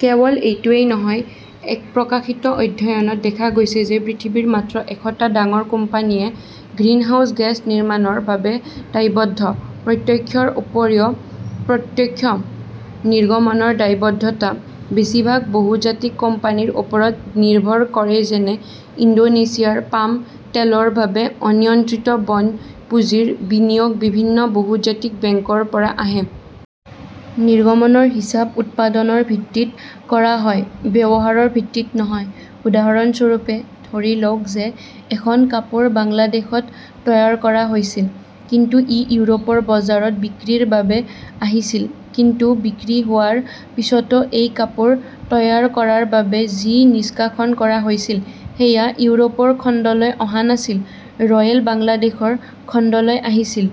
কেৱল এইটোৱেই নহয়, এক প্ৰকাশিত অধ্যয়নত দেখা গৈছে যে পৃথিৱীৰ মাত্ৰ এশটা ডাঙৰ কোম্পানীয়ে গ্ৰিনহাউজ গেছ নিৰ্গমনৰ বাবে দায়বদ্ধ। প্ৰত্যক্ষৰ উপৰিও, প্ৰত্যক্ষ নিৰ্গমনৰ দায়বদ্ধতা বেছিভাগ বহুজাতিক কোম্পানীৰ ওপৰত নিৰ্ভৰ কৰেযেনে, ইণ্ডোনেছিয়াৰ পাম তেলৰ বাবে অনিয়ন্ত্ৰিত বন পুঁজিৰ বিনিয়োগ বিভিন্ন বহুজাতিক বেংকৰ পৰা আহে। নিৰ্গমনৰ হিচাপ উৎপাদনৰ ভিত্তিত কৰা হয়, ব্যৱহাৰৰ ভিত্তিত নহয়। উদাহৰণস্বৰূপে, ধৰি লওঁক যে এখন কাপোৰ বাংলাদেশত তৈয়াৰ কৰা হৈছিল, কিন্তু ই ইউৰোপৰ বজাৰত বিক্ৰীৰ বাবে আহিছিল। কিন্তু বিক্ৰী হোৱাৰ পিছতো এই কাপোৰ তৈয়াৰ কৰাৰ বাবে যি নিষ্কাশন কৰা হৈছিল সেয়া ইউৰোপৰ খণ্ডলৈ অহা নাছিল, ৰয়েল বাংলাদেশৰ খণ্ডলৈ আহিছিল।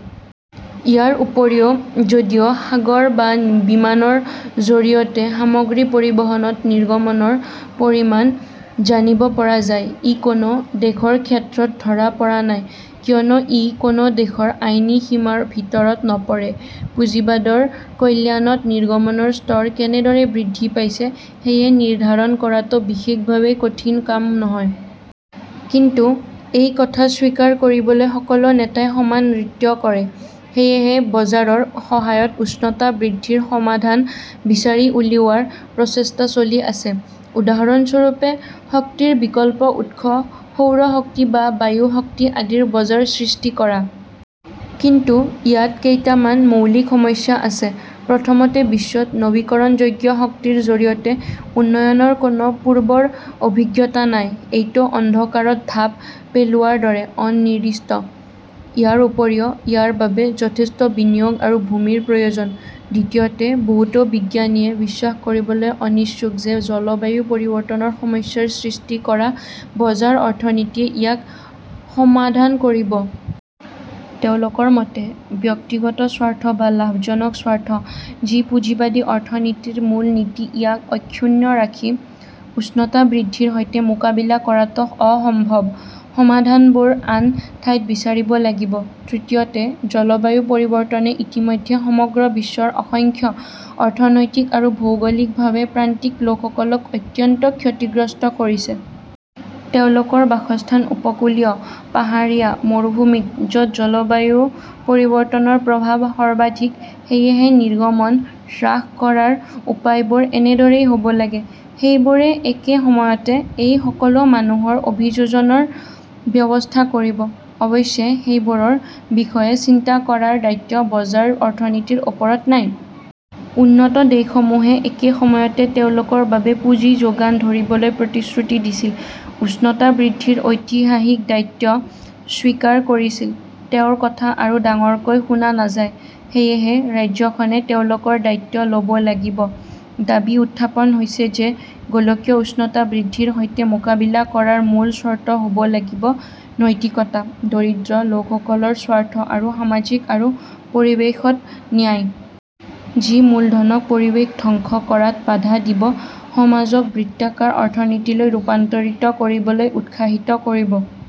ইয়াৰ উপৰিও, যদিও সাগৰ বা বিমানৰ জৰিয়তে সামগ্ৰী পৰিবহণত নিৰ্গমনৰ পৰিমাণ জানিব পৰা যায়, ই কোনো দেশৰ ক্ষেত্ৰত ধৰা পৰা নাই, কিয়নো ই কোনো দেশৰ আইনী সীমাৰ ভিতৰত নপৰে। পুঁজিবাদৰ কল্যাণত নিৰ্গমনৰ স্তৰ কেনেদৰে বৃদ্ধি পাইছে সেয়া নিৰ্ধাৰণ কৰাটো বিশেষভাৱে কঠিন কাম নহয়। কিন্তু, এই কথা স্বীকাৰ কৰিবলৈ সকলো নেতাই সমান নৃত্য কৰে। সেয়েহে বজাৰৰ সহায়ত উষ্ণতা বৃদ্ধিৰ সমাধান বিচাৰি উলিওৱাৰ প্ৰচেষ্টা চলি আছে। উদাহৰণস্বৰূপে, শক্তিৰ বিকল্প উৎস-সৌৰ শক্তি বা বায়ু শক্তি আদিৰ বজাৰ সৃষ্টি কৰা। কিন্তু ইয়াত কেইটামান মৌলিক সমস্যা আছে। প্ৰথমতে, বিশ্বত নৱীকৰণযোগ্য শক্তিৰ জৰিয়তে উন্নয়নৰ কোনো পূৰ্বৰ অভিজ্ঞতা নাই। এইটো অন্ধকাৰত ঢাপ পেলোৱাৰ দৰে, অনিৰ্দিষ্ট। ইয়াৰ উপৰিও, ইয়াৰ বাবে যথেষ্ট বিনিয়োগ আৰু ভূমিৰ প্ৰয়োজন। দ্বিতীয়তে, বহুতো বিজ্ঞানীয়ে বিশ্বাস কৰিবলৈ অনিচ্ছুক যে জলবায়ু পৰিৱৰ্তনৰ সমস্যাৰ সৃষ্টি কৰা বজাৰ-অৰ্থনীতিয়ে ইয়াক সমাধান কৰিব। তেওঁলোকৰ মতে, ব্যক্তিগত স্বাৰ্থ বা লাভজনক স্বাৰ্থ, যি পুঁজিবাদী অৰ্থনীতিৰ মূল নীতি-ইয়াক অক্ষুণ্ণ ৰাখি উষ্ণতা বৃদ্ধিৰ সৈতে মোকাবিলা কৰাটো অসম্ভৱ, সমাধানবোৰ আন ঠাইত বিচাৰিব লাগিব। তৃতীয়তে, জলবায়ু পৰিৱৰ্তনে ইতিমধ্যে সমগ্ৰ বিশ্বৰ অসংখ্য অৰ্থনৈতিক আৰু ভৌগোলিকভাৱে প্ৰান্তিক লোকসকলক অত্যন্ত ক্ষতিগ্ৰস্ত কৰিছে। তেওঁলোকৰ বাসস্থান উপকূলীয়, পাহাৰীয়া, মৰুভূমিত, য'ত জলবায়ু পৰিৱৰ্তনৰ প্ৰভাৱ সৰ্বাধিক। সেয়েহে নিৰ্গমন হ্ৰাস কৰাৰ উপায়বোৰ এনেদৰেই হ 'ব লাগে, সেইবোৰে একে সময়তে এই সকলো মানুহৰ অভিযোজনৰ ব্যৱস্থা কৰিব। অৱশ্যে, সেইবোৰৰ বিষয়ে চিন্তা কৰাৰ দায়িত্ব বজাৰ অৰ্থনীতিৰ ওপৰত নাই। উন্নত দেশসমূহে একে সময়তে তেওঁলোকৰ বাবে পুঁজি যোগান ধৰিবলৈ প্ৰতিশ্ৰুতি দিছিল, উষ্ণতা বৃদ্ধিৰ ঐতিহাসিক দায়িত্ব স্বীকাৰ কৰিছিল। তেওঁৰ কথা আৰু ডাঙৰকৈ শুনা নাযায়। সেয়েহে, ৰাজ্যখনে তেওঁলোকৰ দায়িত্ব ল'ব লাগিব। দাবী উত্থাপন হৈছে যে গোলকীয় উষ্ণতা বৃদ্ধিৰ সৈতে মোকাবিলা কৰাৰ মূল চৰ্ত হ'ব লাগিব নৈতিকতা, দৰিদ্ৰ লোকসকলৰ স্বাৰ্থ আৰু সামাজিক আৰু পৰিৱেশগত ন্যায়। যি মূলধনক পৰিৱেশ ধ্বংস কৰাত বাধা দিব, সমাজক বৃত্তাকাৰ অৰ্থনীতিলৈ ৰূপান্তৰিত কৰিবলৈ উৎসাহিত কৰিব।